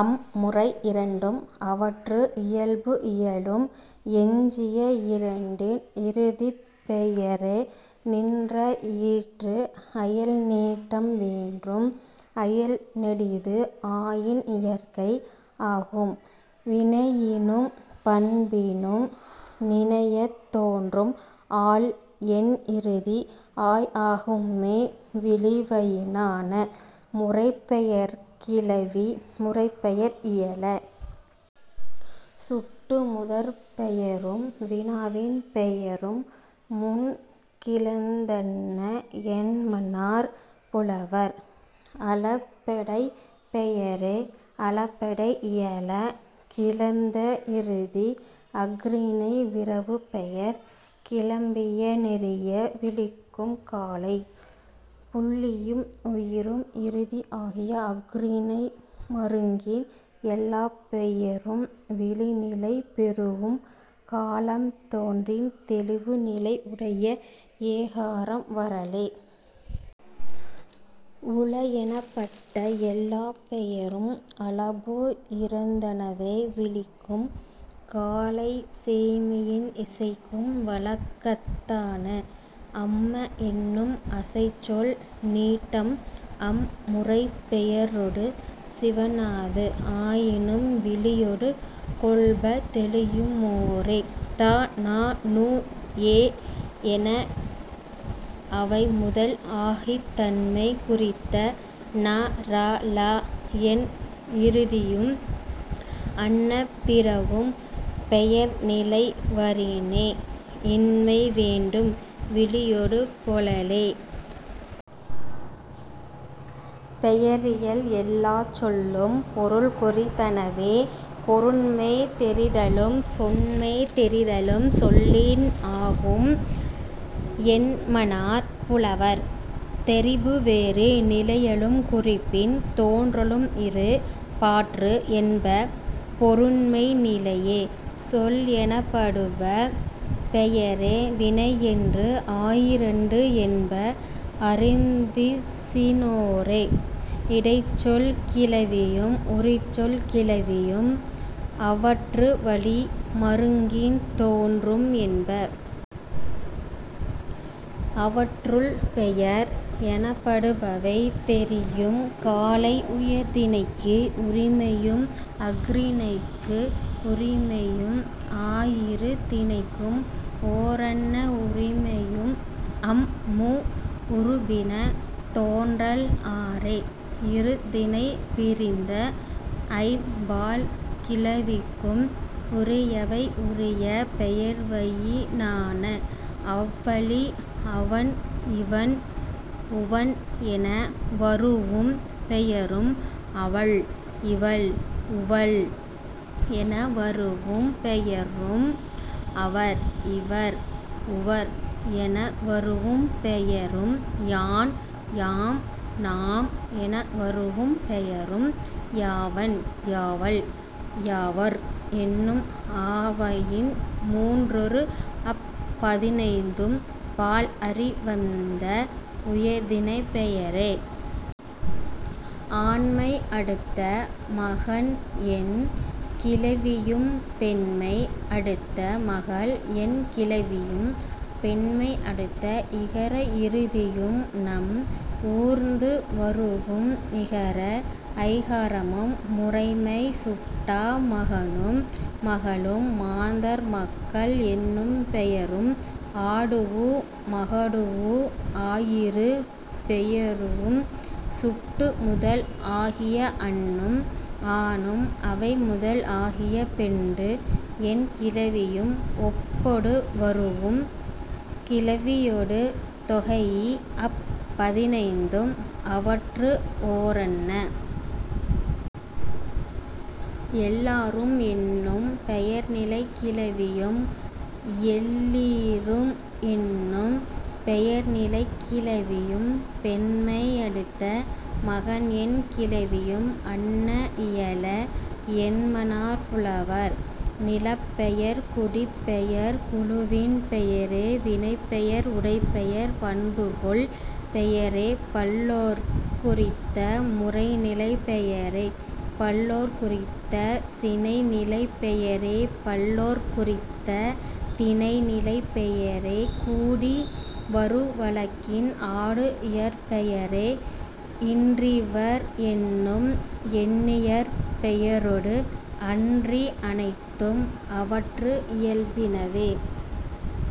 அம் முறை இரண்டும் அவற்று இயல்பு இயடூம். எஞ்சிய இரண்டின் இறுதிப் பெயரே நின்ற ஈற்று அயல் நீட்டம் வேண்டும். அயல் நெடிது ஆயின் இயற்கை ஆகும். வினையினும் பண்பினும் நினையத் தோன்றும் ஆள் என் இறுதி ஆய் ஆகும்மே விளிவயினான. முறைப்பெயர்க் கிளவி முறைப்பெயர் இயல. சுட்டுமுதற் பெயரும் வினாவின் பெயரும் முன் கிளந்தன்ன என்மனார் புலவர். அளபெடைப் பெயரே அளபெடை இயல. கிளந்த இறுதி அஃறிணை விரவுப்பெயர் கிளம்பிய நெறிய விளிக்கும் காலை. புள்ளியும் உயிரும் இறுதி ஆகிய அஃறிணை மருங்கின் எல்லாப் பெயரும் விளி நிலை பெறூஉம் காலம் தோன்றின் தெளிவு நிலை உடைய ஏகாரம் வரலே. உள எனப்பட்ட எல்லாப் பெயரும் அளபு இறந்தனவே விளிக்கும் காலை சேய்மையின் இசைக்கும் வழக்கத்தான. அம்ம என்னும் அசைச்சொல் நீட்டம் அம் முறைப்பெயரொடு சிவணாது ஆயினும் விளியொடு கொள்ப தெளியுமோரே. த ந நு எ என அவை முதல் ஆகித் தன்மை குறித்த ன ர ள என் இறுதியும் அன்ன பிறவும் பெயர் நிலை வரினே இன்மை வேண்டும் விளியொடு கொளலே.. பெயரியல் எல்லாச் சொல்லும் பொருள் குறித்தனவே. பொருண்மை தெரிதலும் சொன்மை தெரிதலும் சொல்லின் ஆகும் என்மனார் புலவர். தெரிபு வேறு நிலையலும் குறிப்பின் தோன்றலும் இரு பாற்று என்ப பொருண்மை நிலையே. சொல் எனப்படுப பெயரே வினை என்று ஆயிரண்டு என்ப அறிந்திசினோரே. இடைச்சொல் கிளவியும் உரிச்சொல் கிளவியும் அவற்று வழி மருங்கின் தோன்றும் என்ப. அவற்றுள், பெயர் எனப்படுபவை தெரியும் காலை உயர்திணைக்கு உரிமையும் அஃறிணைக்கு உரிமையும் ஆயிரு திணைக்கும் ஓரன்ன உரிமையும் அம் மூ உருபின தோன்றல் ஆறே. இரு திணைப் பிரிந்த ஐம் பால் கிளவிக்கும் உரியவை உரிய பெயர்வயினான. அவ்வழி, அவன் இவன் உவன் என வரூஉம் பெயரும் அவள் இவள் உவள் என வரூஉம் பெயரும் அவர் இவர் உவர் என வரூஉம் பெயரும் யான் யாம் நாம் என வரூஉம் பெயரும் யாவன் யாவள் யாவர் என்னும் ஆவையின் மூன்றொடு அப் பதினைந்தும் பால் அறி வந்த உயர்திணைப் பெயரே. ஆண்மை அடுத்த மகன் என் கிளவியும் பெண்மை அடுத்த மகள் என் கிளவியும் பெண்மை அடுத்த இகர இறுதியும் நம் ஊர்ந்து வரூஉம் இகர ஐகாரமும் முறைமை சுட்டா மகனும் மகளும் மாந்தர் மக்கள் என்னும் பெயரும் ஆடூஉ மகடூஉ ஆயிரு பெயரும் சுட்டு முதல் ஆகிய அன்னும் ஆனும் அவை முதல் ஆகிய பெண்டு என் கிளவியும் ஒப்பொடு வரூஉம் கிளவியொடு தொகைஇ அப் பதினைந்தும் அவற்று ஓரன்ன. எல்லாரும் என்னும் பெயர்நிலைக் கிளவியும் எல்லீரும் என்னும் பெயர்நிலைக் கிளவியும் பெண்மை அடுத்த மகன் என் கிளவியும் அன்ன இயல என்மனார் புலவர். நிலப் பெயர் குடிப் பெயர் குழுவின் பெயரே வினைப் பெயர் உடைப் பெயர் பண்பு கொள் பெயரே பல்லோர்க் குறித்த முறை நிலைப் பெயரே பல்லோர்க் குறித்த சினை நிலைப் பெயரே பல்லோர்க் குறித்த திணை நிலைப் பெயரே கூடி வரு வழக்கின் ஆடு இயற் பெயரே இன்றிவர் என்னும் எண்ணியற் பெயரொடு அன்றி அனைத்தும் அவற்று இயல்பினவே.